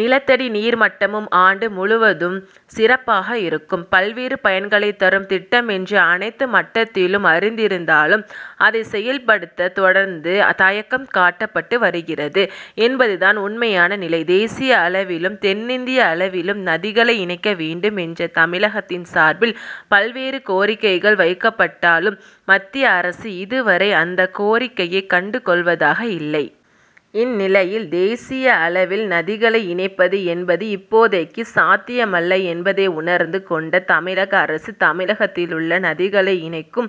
நிலத்தடி நீர் மட்டமும் ஆண்டு முழுவதும் சிறப்பாக இருக்கும். பல்வேறு பயன்களை தரும் திட்டம் என்று அனைத்து மட்டத்திலும் அறிந்திருந்தாலும் அதை செயல்படுத்த தொடர்ந்து தயக்கம் காட்டப்பட்டு வருகிறது என்பது தான் உண்மையான நிலை. தேசிய அளவிலும் தென்னிந்திய அளவிலும் நதிகளை இணைக்க வேண்டும் என்று தமிழகத்தின் சார்பில் பல்வேறு கோரிக்கைகள் வைக்கப்பட்டாலும் மத்திய அரசு இதுவரை அந்த கோரிக்கையை கண்டு கொள்வதாக இல்லை. இந்நிலையில் தேசிய அளவில் நதிகளை இணைப்பது என்பது இப்போதைக்கு சாத்தியமல்ல என்பதை உணர்ந்து கொண்ட தமிழக அரசு தமிழகத்திலுள்ள நதிகளை இணைக்கும்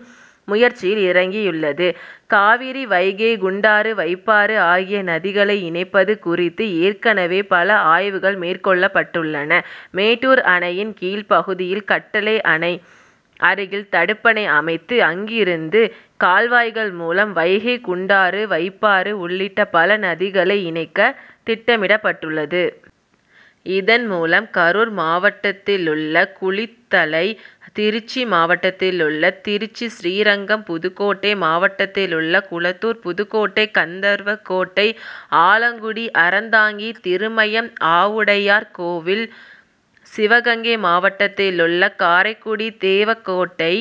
முயற்சியில் இறங்கியுள்ளது. காவிரி வைகை குண்டாறு வைப்பாறு ஆகிய நதிகளை இணைப்பது குறித்து ஏற்கனவே பல ஆய்வுகள் மேற்கொள்ளப்பட்டுள்ளன. மேட்டூர் அணையின் கீழ் பகுதியில் கட்டளை அணை அருகில் தடுப்பணை அமைத்து அங்கிருந்து கால்வாய்கள் மூலம் வைகை குண்டாறு வைப்பாறு உள்ளிட்ட பல நதிகளை இணைக்க திட்டமிடப்பட்டுள்ளது. இதன் மூலம் கரூர் மாவட்டத்திலுள்ள குளித்தலை திருச்சி மாவட்டத்திலுள்ள திருச்சி ஸ்ரீரங்கம் புதுக்கோட்டை மாவட்டத்திலுள்ள குளத்தூர் புதுக்கோட்டை கந்தர்வகோட்டை ஆலங்குடி அறந்தாங்கி திருமயம் ஆவுடையார் கோவில் சிவகங்கை மாவட்டத்திலுள்ள காரைக்குடி தேவக்கோட்டை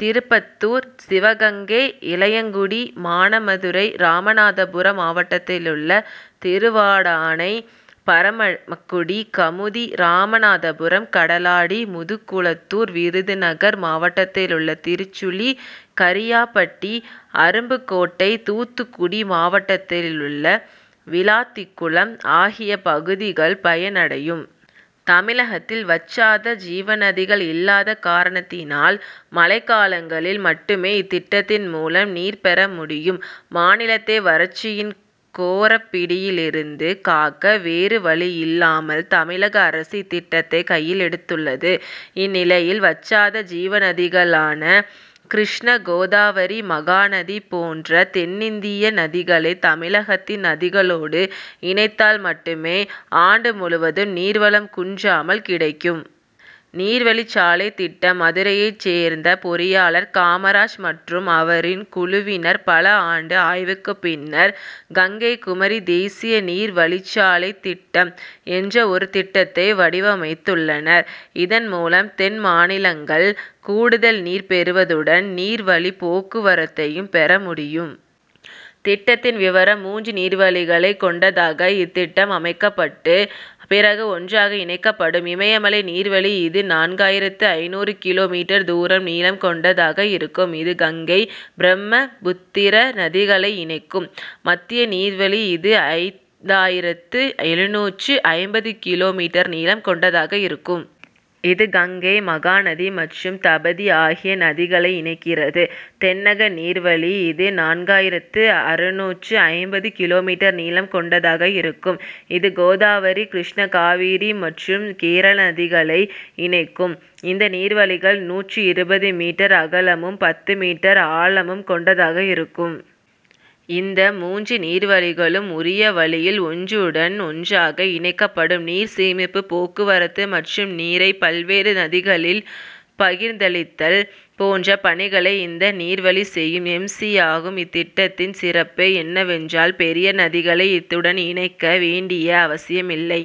திருப்பத்தூர் சிவகங்கை இளையங்குடி மானாமதுரை ராமநாதபுரம் மாவட்டத்திலுள்ள திருவடானை பரமக்குடி கமுதி ராமநாதபுரம் கடலாடி முதுகுளத்தூர் விருதுநகர் மாவட்டத்திலுள்ள திருச்சுழி கரியாப்பட்டி அருப்புக்கோட்டை தூத்துக்குடி மாவட்டத்திலுள்ள விளாத்திக்குளம் ஆகிய பகுதிகள் பயன் அடையும். தமிழகத்தில் வற்றாத ஜீவநதிகள் இல்லாத காரணத்தினால் மழைக்காலங்களில் மட்டுமே இத்திட்டத்தின் மூலம் நீர் பெற முடியும். மாநிலத்தை வறட்சியின் கோரப்பிடியிலிருந்து காக்க வேறு வழியில்லாமல் தமிழக அரசு இத்திட்டத்தை கையில் எடுத்துள்ளது. இந்நிலையில் வற்றாத ஜீவநதிகளான கிருஷ்ணா கோதாவரி மகாநதி போன்ற தென்னிந்திய நதிகளை தமிழகத்தின் நதிகளோடு இணைத்தால் மட்டுமே ஆண்டு முழுவதும் நீர்வளம் குன்றாமல் கிடைக்கும். நீர் வழிச் சாலை திட்டம் மதுரையைச் சேர்ந்த பொறியாளர் காமராஜ் மற்றும் அவரின் குழுவினர் பல ஆண்டு ஆய்வுக்கு பின்னர் கங்கை குமரி தேசிய நீர் வழிச்சாலை திட்டம் என்ற ஒரு திட்டத்தை வடிவமைத்துள்ளனர். இதன் மூலம் தென் மாநிலங்கள் கூடுதல் நீர் பெறுவதுடன் நீர் வழிப் போக்குவரத்தையும் பெற முடியும். திட்டத்தின் விவரம் மூன்று நீர்வழிகளை கொண்டதாக இத்திட்டம் அமைக்கப்பட்டு பிறகு ஒன்றாக இணைக்கப்படும். இமயமலை நீர்வழி இது நான்காயிரத்து ஐநூறு கிலோ மீட்டர் தூரம் நீளம் கொண்டதாக இருக்கும். இது கங்கை பிரம்மபுத்திரா நதிகளை இணைக்கும். மத்திய நீர்வழி இது ஐந்தாயிரத்து எழுநூற்று ஐம்பது கிலோ மீட்டர் நீளம் கொண்டதாக இருக்கும். இது கங்கை மகாநதி மற்றும் தபதி ஆகிய நதிகளை இணைக்கிறது. தென்னக நீர்வழி இது நான்காயிரத்து அறுநூற்று ஐம்பது கிலோ மீட்டர் நீளம் கொண்டதாக இருக்கும். இது கோதாவரி கிருஷ்ணா காவிரி மற்றும் கேரள நதிகளை இணைக்கும். இந்த நீர்வழிகள் நூற்று இருபது மீட்டர் அகலமும் பத்து மீட்டர் ஆழமும் கொண்டதாக இருக்கும். இந்த மூன்று நீர்வழிகளும் உரிய வழியில் ஒன்றுடன் ஒன்றாக இணைக்கப்படும். நீர் சேமிப்பு போக்குவரத்து மற்றும் நீரை பல்வேறு நதிகளில் பகிர்ந்தளித்தல் போன்ற பணிகளை இந்த நீர்வழி செய்யும். எம். சி. ஆகும். இத்திட்டத்தின் சிறப்பு என்னவென்றால் பெரிய நதிகளை இத்துடன் இணைக்க வேண்டிய அவசியம் இல்லை.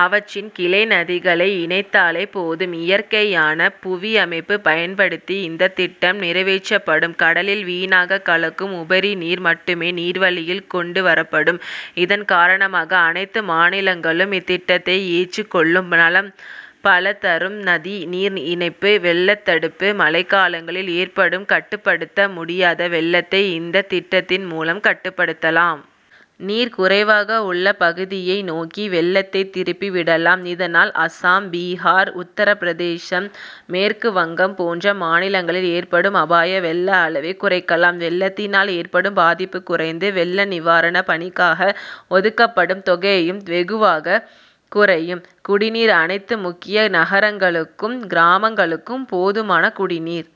அவற்றின் கிளை நதிகளை இணைத்தாலே போதும். இயற்கையான புவியமைப்பு பயன்படுத்தி இந்த திட்டம் நிறைவேற்றப்படும். கடலில் வீணாக கலக்கும் உபரி நீர் மட்டுமே நீர்வழியில் கொண்டு வரப்படும். இதன் காரணமாக அனைத்து மாநிலங்களும் இத்திட்டத்தை ஏற்றுக் கொள்ளும். நலம் பல தரும் நதி நீர் இணைப்பு வெள்ளத்தடுப்பு மழைக்காலங்களில் ஏற்படும் கட்டுப்படுத்த முடியாத வெள்ளத்தை இந்த திட்டத்தின் மூலம் கட்டுப்படுத்தலாம். நீர் குறைவாக உள்ள பகுதியை நோக்கி வெள்ளத்தை திருப்பி விடலாம். இதனால் அசாம் பீகார் உத்தரப்பிரதேசம் மேற்கு வங்கம் போன்ற மாநிலங்களில் ஏற்படும் அபாய வெள்ள அளவை குறைக்கலாம். வெள்ளத்தினால் ஏற்படும் பாதிப்பு குறைந்து வெள்ள நிவாரண பணிக்காக ஒதுக்கப்படும் தொகையும் வெகுவாக குறையும். குடிநீர் அனைத்து முக்கிய நகரங்களுக்கும் கிராமங்களுக்கும் போதுமான குடிநீர்